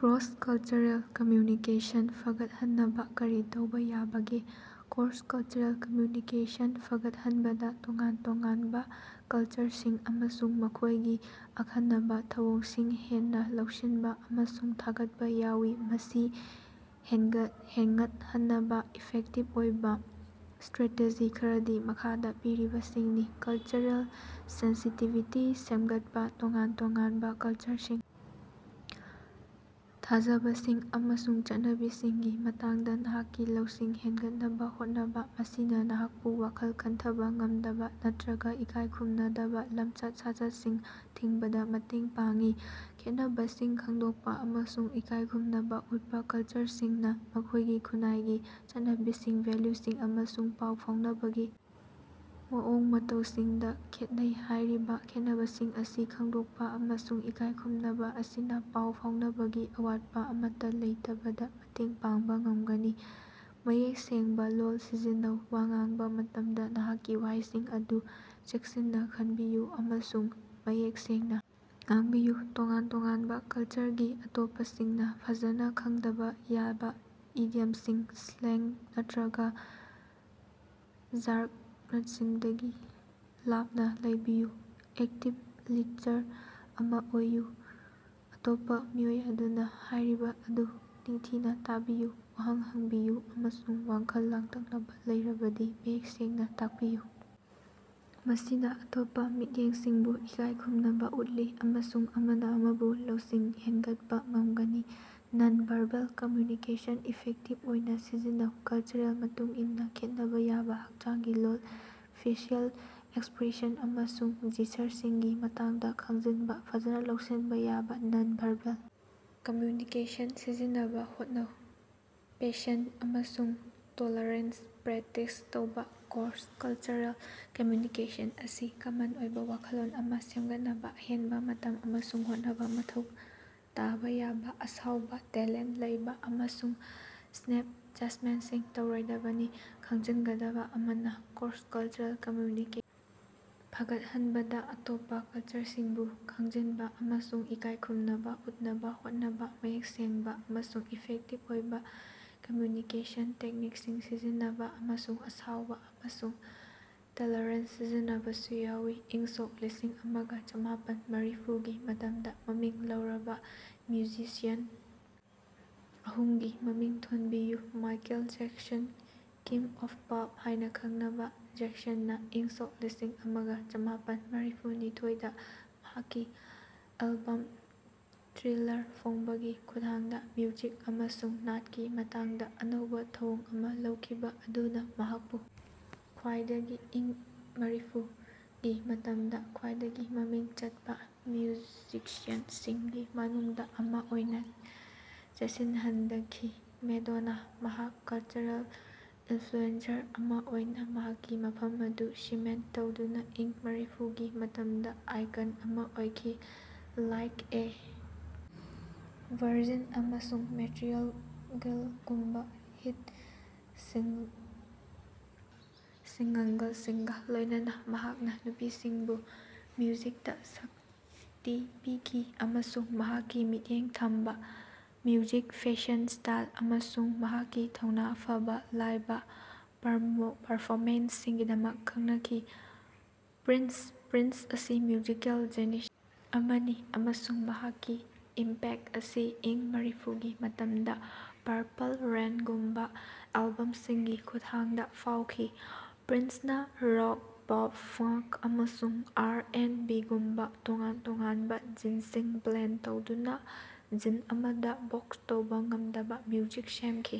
Cross-cultural communication ꯐꯒꯠꯍꯟꯅꯕꯥ ꯀꯔꯤ ꯇꯧꯕ ꯌꯥꯕꯒꯦ? ꯀ꯭ꯔꯣꯁ-ꯀꯜꯆꯔꯦꯜ ꯀꯝꯃ꯭ꯌꯨꯅꯤꯀꯦꯁꯟ ꯐꯥꯒꯠꯍꯟꯕꯗ ꯇꯣꯉꯥꯟ-ꯇꯣꯉꯥꯟꯕ ꯀꯜꯆꯔꯁꯤꯡ ꯑꯃꯁꯨꯡ ꯃꯈꯣꯏꯒꯤ ꯑꯈꯟꯅꯕ ꯊꯧꯑꯣꯡꯁꯤꯡ ꯍꯦꯟꯅ ꯂꯧꯁꯤꯟꯕ ꯑꯃꯁꯨꯡ ꯊꯥꯒꯠꯄꯥ ꯌꯥꯎꯏ꯫ ꯃꯁꯤ ꯍꯦꯉꯠꯍꯟꯅꯕ ꯏꯐꯦꯛꯇꯤꯚ ꯑꯣꯏꯕ ꯁ꯭ꯇꯔꯥꯇꯦꯖꯤ ꯈꯔꯗꯤ ꯃꯈꯥꯗ ꯄꯤꯔꯤꯕꯁꯤꯡꯁꯤꯅꯤ: ꯀꯜꯆꯔꯦꯜ ꯁꯦꯟꯁꯤꯇꯤꯚꯤꯇꯤ ꯁꯦꯝꯒꯠꯄ ꯇꯣꯉꯥꯟ-ꯇꯣꯉꯥꯟꯕ ꯀꯜꯆꯔꯁꯤꯡ, ꯊꯥꯖꯕꯁꯤꯡ ꯑꯃꯁꯨꯡ ꯆꯠꯅꯕꯤꯁꯤꯡꯒꯤ ꯃꯇꯥꯡꯗ ꯅꯍꯥꯛꯀꯤ ꯂꯧꯁꯤꯡ ꯍꯦꯒꯠꯍꯟꯅꯕꯥ ꯍꯣꯠꯅꯕ꯫ ꯃꯁꯤꯅ ꯅꯍꯥꯛꯄꯨ ꯋꯥꯈꯜ ꯈꯟꯊꯕꯥ ꯉꯝꯗꯕ ꯅꯠꯇꯔꯒ ꯏꯀꯥꯏ ꯈꯨꯝꯅꯗꯕ ꯂꯝꯆꯠ-ꯁꯥꯖꯠꯁꯤꯡ ꯊꯤꯡꯕꯗ ꯃꯇꯦꯡ ꯄꯥꯡꯏ꯫ ꯈꯦꯠꯅꯕꯁꯤꯡ ꯈꯪꯗꯣꯛꯄ ꯑꯃꯁꯨꯡ ꯏꯀꯥꯏꯈꯨꯝꯅꯕ ꯎꯠꯄ ꯀꯜꯆꯔꯁꯤꯡꯅꯥ ꯃꯈꯣꯏꯒꯤ ꯈꯨꯟꯅꯥꯏꯒꯤ ꯆꯠꯅꯕꯤꯁꯤꯡ, ꯚꯦꯂꯨꯁꯤꯡ ꯑꯃꯁꯨꯡ ꯄꯥꯎ ꯐꯥꯎꯅꯕꯒꯤ ꯃꯑꯣꯡ ꯃꯇꯧꯁꯤꯡꯗ ꯈꯦꯠꯅꯩ꯫ ꯍꯥꯏꯔꯤꯕ ꯈꯦꯠꯅꯕꯁꯤꯡ ꯑꯁꯤ ꯈꯪꯗꯣꯛꯄ ꯑꯃꯁꯨꯡ ꯏꯀꯥꯏꯈꯨꯝꯅꯕ ꯑꯁꯤꯅ ꯄꯥꯎ ꯐꯥꯎꯅꯕꯒꯤ ꯑꯋꯥꯠꯄ ꯑꯃꯇꯥ ꯂꯩꯇꯕꯗ ꯃꯇꯦꯡ ꯄꯥꯡꯕ ꯉꯝꯒꯅꯤ꯫ ꯃꯌꯦꯛ ꯁꯦꯡꯕ ꯂꯣꯜ ꯁꯤꯖꯤꯟꯅꯧ ꯋꯥ ꯉꯥꯡꯕꯥ ꯃꯇꯝꯗ ꯅꯍꯥꯛꯀꯤ ꯋꯥꯍꯩꯁꯤꯡ ꯑꯗꯨ ꯆꯦꯛꯁꯤꯟꯅ ꯈꯟꯕꯤꯌꯨ ꯑꯃꯁꯨꯡ ꯃꯌꯦꯛ ꯁꯦꯡꯅ ꯉꯥꯡꯕꯤꯌꯨ꯫ ꯇꯣꯉꯥꯟ-ꯇꯣꯉꯥꯟꯕ ꯀꯜꯆꯔꯒꯤ ꯑꯇꯣꯞꯄꯁꯤꯡꯅ ꯐꯖꯅ ꯈꯪꯗꯕ ꯌꯥꯕ ꯏꯗꯤꯌꯝꯁꯤꯡ, ꯁ꯭ꯂꯦꯡꯒ ꯅꯠꯇꯔꯒ ꯖꯥꯔꯒꯅꯁꯤꯡꯗꯒꯤ ꯂꯥꯞꯅ ꯂꯩꯌꯨ꯫ ꯑꯦꯛꯇꯤꯕ ꯂꯤꯁ꯭ꯇꯔ ꯑꯃ ꯑꯣꯏꯌꯨ ꯑꯇꯣꯞꯄ ꯃꯤꯑꯣꯏ ꯑꯗꯨꯅꯥ ꯍꯥꯢꯔꯤꯕ ꯑꯗꯨ ꯅꯤꯡꯊꯤꯅ ꯇꯥꯕꯤꯌꯨ, ꯋꯥꯍꯪ ꯍꯪꯕꯤꯌꯨ ꯑꯃꯁꯨꯡ ꯋꯥꯈꯜ ꯂꯥꯡꯇꯛꯅꯕ ꯂꯩꯔꯕꯗꯤ ꯃꯌꯦꯛ ꯁꯦꯡꯅ ꯇꯥꯛꯄꯤꯌꯨ꯫ ꯃꯁꯤꯅ ꯑꯇꯣꯞꯄ ꯃꯤꯠꯌꯦꯡꯁꯤꯡꯕꯨ ꯏꯀꯥꯏ ꯈꯨꯝꯅꯕꯥ ꯎꯠꯂꯤ ꯑꯃꯁꯨꯡ ꯑꯃꯅ ꯑꯃꯕꯨ ꯂꯧꯁꯤꯡ ꯍꯦꯡꯒꯠꯍꯟꯕ ꯉꯝꯒꯅꯤ꯫ ꯅꯟ-ꯚꯥꯔꯕꯦꯜ ꯀꯝꯃ꯭ꯌꯨꯅꯤꯀꯦꯁꯟ ꯏꯐꯦꯛꯇꯤꯚ ꯑꯣꯏꯅ ꯁꯤꯖꯤꯟꯅꯧ ꯀꯜꯆꯔꯒꯤ ꯃꯇꯨꯡꯏꯟꯅꯥ ꯈꯦꯠꯅꯕ ꯌꯥꯕꯥ ꯍꯛꯆꯥꯡꯒꯤ ꯂꯣꯜ, ꯐꯦꯁꯤꯑꯦꯜ ꯑꯦꯛꯁꯄ꯭ꯔꯦꯁꯟ ꯑꯃꯁꯨꯡ ꯖꯤꯖꯔꯁꯤꯡꯒꯤ ꯃꯇꯥꯡꯗꯥ ꯈꯪꯖꯤꯟꯕ꯫ ꯐꯖꯅꯥ ꯂꯧꯁꯥꯟꯕ ꯌꯥꯕꯥ ꯅꯟ-ꯚꯥꯔꯕꯦꯜ ꯀꯝꯃ꯭ꯌꯨꯅꯤꯀꯦꯁꯟ ꯁꯤꯖꯤꯟꯅꯅꯕ ꯍꯣꯠꯅꯧ꯫ ꯄꯦꯁꯦꯟꯇ ꯑꯃꯁꯨꯡ ꯇꯣꯂꯥꯔꯦꯟꯁ ꯄ꯭ꯔꯦꯛꯇꯤꯁ ꯇꯧꯕ ꯀ꯭ꯔꯣꯁ-ꯀꯜꯆꯔꯦꯜ ꯀꯝꯃ꯭ꯌꯨꯅꯤꯀꯦꯁꯟ ꯑꯁꯤ ꯀꯃꯟ ꯑꯣꯏꯕ ꯋꯥꯈꯜꯂꯣꯟ ꯑꯃꯥ ꯁꯦꯝꯒꯠꯅꯕ ꯑꯍꯦꯟꯕ ꯃꯇꯝ ꯑꯃꯁꯨꯡ ꯍꯣꯠꯅꯕꯥ ꯃꯊꯧ ꯇꯥꯕꯥ ꯌꯥꯏ꯫ ꯑꯁꯥꯎꯕ, ꯇꯦꯂꯦꯟꯠ ꯂꯩꯕ ꯑꯃꯁꯨꯡ ꯁ꯭ꯅꯦꯞ ꯖꯖꯃꯦꯟꯁꯤꯡ ꯇꯧꯔꯣꯏꯗꯕꯅꯤ꯫ ꯈꯪꯖꯤꯟꯒꯗꯕ ꯑꯃꯅ, ꯀ꯭ꯔꯣꯁ-ꯀꯜꯆꯔꯦꯜ ꯀꯝꯃ꯭ꯌꯨꯅꯤꯀꯦꯁꯟ ꯐꯥꯒꯠꯍꯟꯕꯗ ꯑꯇꯣꯞꯄ ꯀꯜꯆꯔꯁꯤꯡꯕꯨ ꯈꯪꯖꯤꯟꯕꯥ ꯑꯃꯁꯨꯡ ꯏꯀꯥꯏ ꯈꯨꯝꯅꯕ ꯎꯠꯅꯕ ꯍꯣꯠꯅꯕ, ꯃꯌꯦꯛ ꯁꯦꯡꯕꯥ ꯑꯃꯁꯨꯡ ꯏꯐꯦꯛꯇꯤꯚ ꯑꯣꯏꯕ ꯀꯝꯃ꯭ꯌꯨꯅꯤꯀꯦꯁꯟ ꯇꯦꯛꯅꯤꯛꯁꯤꯡ ꯁꯤꯖꯤꯟꯅꯕ ꯑꯃꯁꯨꯡ ꯑꯁꯥꯎꯕ ꯑꯃꯁꯨꯡ ꯇꯦꯂꯦꯔꯦꯟꯁ ꯁꯤꯖꯤꯟꯅꯕꯁꯨ ꯌꯥꯎꯏ꯫ ꯏꯪꯁꯣꯛ ꯂꯤꯁꯤꯡ ꯑꯃꯒ ꯆꯥꯃꯥꯄꯟ ꯃꯔꯤꯐꯨ ꯒꯤ ꯃꯇꯝꯒꯤ ꯃꯃꯤꯡ ꯂꯩꯔꯕꯥ ꯃ꯭꯭ꯌꯨꯖꯤꯁꯤꯌꯥꯟ ꯑꯍꯨꯝꯒꯤ ꯃꯃꯤꯡ ꯊꯣꯟꯕꯤꯌꯨ꯫ Michael Jackson: "king of pop" ꯍꯥꯏꯅꯥ ꯈꯪꯅꯕ, ꯖꯦꯛꯁꯟꯅꯥ ꯏꯪꯁꯣꯛ ꯂꯤꯁꯤꯡ ꯑꯃꯒ ꯆꯥꯃꯥꯄꯟ ꯃꯔꯤꯐꯨ ꯅꯤꯊꯣꯏ ꯗꯥ ꯃꯍꯥꯛꯀꯤ ꯑꯦꯜꯕꯝ ꯊ꯭꯭ꯔꯤꯂꯥꯔ ꯐꯣꯡꯕꯒꯤ ꯈꯨꯠꯊꯥꯡꯗ ꯃ꯭ꯌꯨꯖꯤꯛ ꯑꯃꯁꯨꯡ ꯅꯥꯠꯀꯤ ꯃꯇꯥꯡꯗ ꯑꯅꯧꯕꯥ ꯊꯧꯑꯣꯡ ꯑꯃ ꯂꯧꯈꯤꯕꯥ ꯑꯗꯨꯅ ꯃꯍꯥꯛꯄꯨ ꯏꯪ ꯃꯔꯤꯐꯨ ꯒꯤ ꯃꯇꯝꯒꯤ ꯈ꯭ꯋꯥꯏꯗꯒꯤ ꯃꯃꯤꯡ ꯆꯠꯄ ꯃ꯭ꯌꯨꯖꯤꯛꯁꯤꯌꯥꯟ ꯁꯤꯡꯒꯤ ꯃꯅꯨꯡꯗ ꯑꯃꯥ ꯑꯣꯏꯅ ꯆꯦꯠꯁꯤꯟꯍꯗꯈꯤ꯫ ꯃꯦꯗꯣꯅꯥ: ꯃꯍꯥꯛ ꯀꯜꯆꯔꯦꯜ ꯏꯟꯐ꯭ꯂꯨꯑꯦꯟꯖꯔ ꯑꯃ ꯑꯣꯏꯅ ꯃꯍꯥꯛꯀꯤ ꯃꯐꯝ ꯑꯗꯨ ꯁꯤꯃꯦꯟꯇ ꯇꯧꯗꯨꯅ ꯏꯪ ꯃꯔꯤꯐꯨ ꯒꯤ ꯃꯇꯝꯗ ꯑꯥꯏꯀꯟ ꯑꯃ ꯑꯣꯏꯈꯤ꯫ "ꯂꯥꯏꯛ ꯑꯦ ꯚꯔꯖꯤꯟ" ꯑꯃꯁꯨꯡ "ꯃꯦꯇ꯭ꯔꯤꯑꯦꯜ ꯒꯦꯔꯜ" ꯒꯨꯝꯕ ꯍꯤꯠ ꯁꯤꯡꯒꯜꯁꯤꯡꯒ ꯂꯣꯏꯅꯅ ꯃꯍꯥꯛꯅ ꯅꯨꯄꯤꯁꯤꯡꯕꯨ ꯃ꯭ꯌꯨꯖꯤꯛꯇꯥ ꯁꯛꯇꯤ ꯄꯤꯈꯤ ꯑꯃꯁꯨꯡ ꯃꯍꯥꯛꯀꯤ ꯃꯤꯠꯌꯦꯡ ꯊꯝꯕ ꯃ꯭ꯌꯨꯖꯤꯛ, ꯐꯦꯁꯟ ꯁ꯭꯭ꯇꯥꯏꯜ ꯑꯃꯁꯨꯡ ꯃꯍꯥꯛꯀꯤ ꯊꯧꯅ ꯐꯥꯕ ꯂꯥꯏꯕ ꯄꯥꯔꯐꯣꯃꯦꯟꯁ ꯁꯤꯡꯒꯤꯗꯃꯛ ꯈꯪꯅꯈꯤ꯫ ꯄ꯭꯭ꯔꯤꯟꯁ: ꯄ꯭ꯔꯤꯟꯁ ꯑꯁꯤ ꯃ꯭꯭ꯌꯨꯖꯤꯀꯦꯜ ꯖꯤꯅꯤꯁ ꯑꯃꯅꯤ ꯑꯃꯁꯨꯡ ꯃꯍꯥꯛꯀꯤ ꯏꯝꯄꯦꯛ ꯑꯁꯤ ꯏꯪ ꯃꯔꯤꯐꯨ ꯒꯤ ꯃꯇꯝꯗ "ꯄꯥꯔꯄꯜ ꯔꯦꯟ" ꯒꯨꯝꯕ ꯑꯦꯜꯕꯝ ꯁꯤꯡꯒꯤ ꯈꯨꯠꯊꯥꯡꯗ ꯐꯥꯎꯈꯤ꯫ ꯄ꯭꯭ꯔꯤꯟꯁꯅꯥ ꯔꯣꯛ, ꯄꯣꯞ, ꯐꯉ꯭ꯛ, ꯑꯃꯁꯨꯡ ꯑꯥꯔ ꯑꯦꯟꯗ ꯕꯤꯒꯨꯝꯕꯥ ꯇꯣꯉꯥꯟ ꯇꯣꯉꯥꯟꯕ ꯖꯤꯟꯁꯤꯡ ꯕ꯭꯭ꯂꯦꯟ ꯇꯧꯗꯨꯅ ꯖꯤꯟ ꯑꯃꯗ ꯕꯣꯛꯁ ꯇꯧꯕ ꯉꯝꯗꯕ ꯃ꯭ꯌꯨꯖꯤꯛ ꯁꯦꯝꯈꯤ꯫